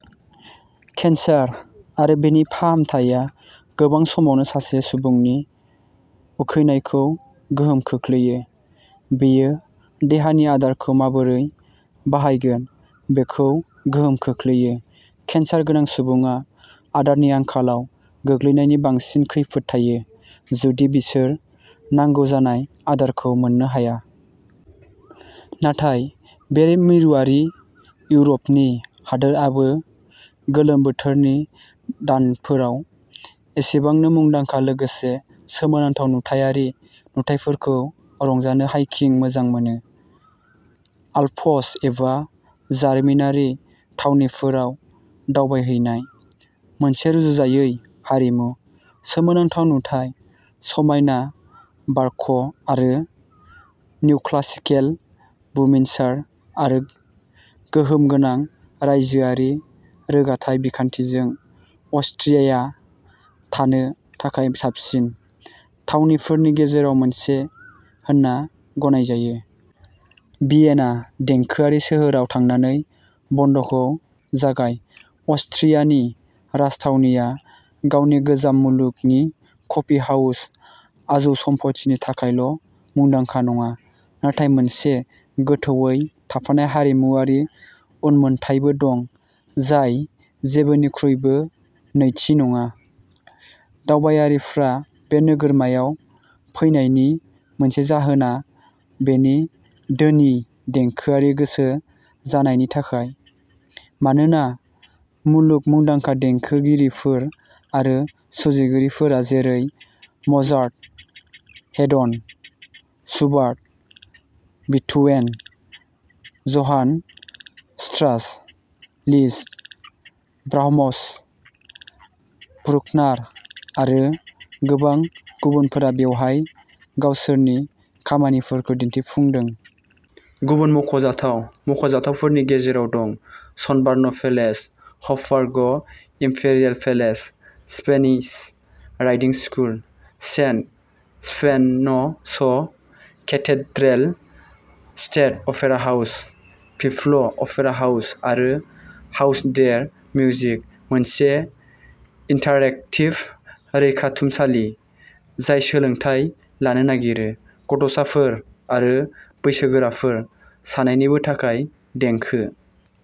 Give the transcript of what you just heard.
Cancer आरो बेनि फाहामथाया गोबां समावनो सासे सुबुंनि उखैनायखौ गोहोम खोख्लैयो; बेयो देहानि आदारखौ माबोरै बाहायगोन बेखौबो गोहोम खोख्लैयो। केन्सार गोनां सुबुङा आदारनि आंखालाव गोग्लैनायनि बांसिन खैफोद थायो, जुदि बिसोर नांगौ जानाय आदारखौ मोननो हाया। नाथाय बे मिरुआरि इउर'पनि हादोरआबो गोलोम बोथोरनि दानफोराव एसेबांनो मुंदांखा लोगोसे सोमोनांथाव नुथायारि नुथायफोरखौ रंजानो हाइकिं मोजां मोनो। आल्प्स एबा जारिमिनारि थावनिफोराव दावबायहैनाय। मोनसे रुजुजायै हारिमु, सोमोनांथाव नुथाय, समायना बारक आरो निअक्लासिकेल बुमिनसार आरो गोहोम गोनां रायजोआरि रोगाथाइ बिखान्थिजों, अस्ट्रियाया थानो थाखाय साबसिन थावनिफोरनि गेजेराव मोनसे होनना गनायजायो। भियेना देंखोआरि सोहोराव थांनानै बन्द'खौ जागाय। अस्ट्रियानि राजथावनिया गावनि गोजाम मुलुगनि कफि हाउस आजौसमफथिनि थाखायल'मुंदांखा नङा, नाथाय मोनसे गोथौवै थाफानाय हारिमुआरि उनमोनथायबो दं जाय जेबोनिख्रुइबो नैथि नङा। दावबायारिफ्रा बे नोगोरमायाव फैनायनि मोनसे जाहोना बेनि धोनि देंखोआरि गोसो जानायनि थाखाय, मानोना मुलुग मुंदांखा देंखोगिरिफोर आरो सुजुगिरिफोरा जेरै Mozart, Haydn, Schubert, Beethoven, Johann Strauss, Liszt, Brahms, Bruckner आरो गोबां गुबुनफोरा बेवहाय गावसोरनि खामानिखौ दिन्थिफुंदों। गुबुन मख'जाथाव मख'जाथावफोरनि गेजेराव दं Schönbrunn Palace, Hofburg Imperial Palace, Spanish Riding School, Saint Stephen's Cathedral, State Opera House, People's Opera House आरो हाउस डेर मिउजिक, मोनसे इन्टारेक्टिभ रैखाथुमसालि जाय सोलोंथाय लानो नागिरो। गथ'साफोर आरो बैसोगोराफोर सानैनिबो थाखाय देंखो।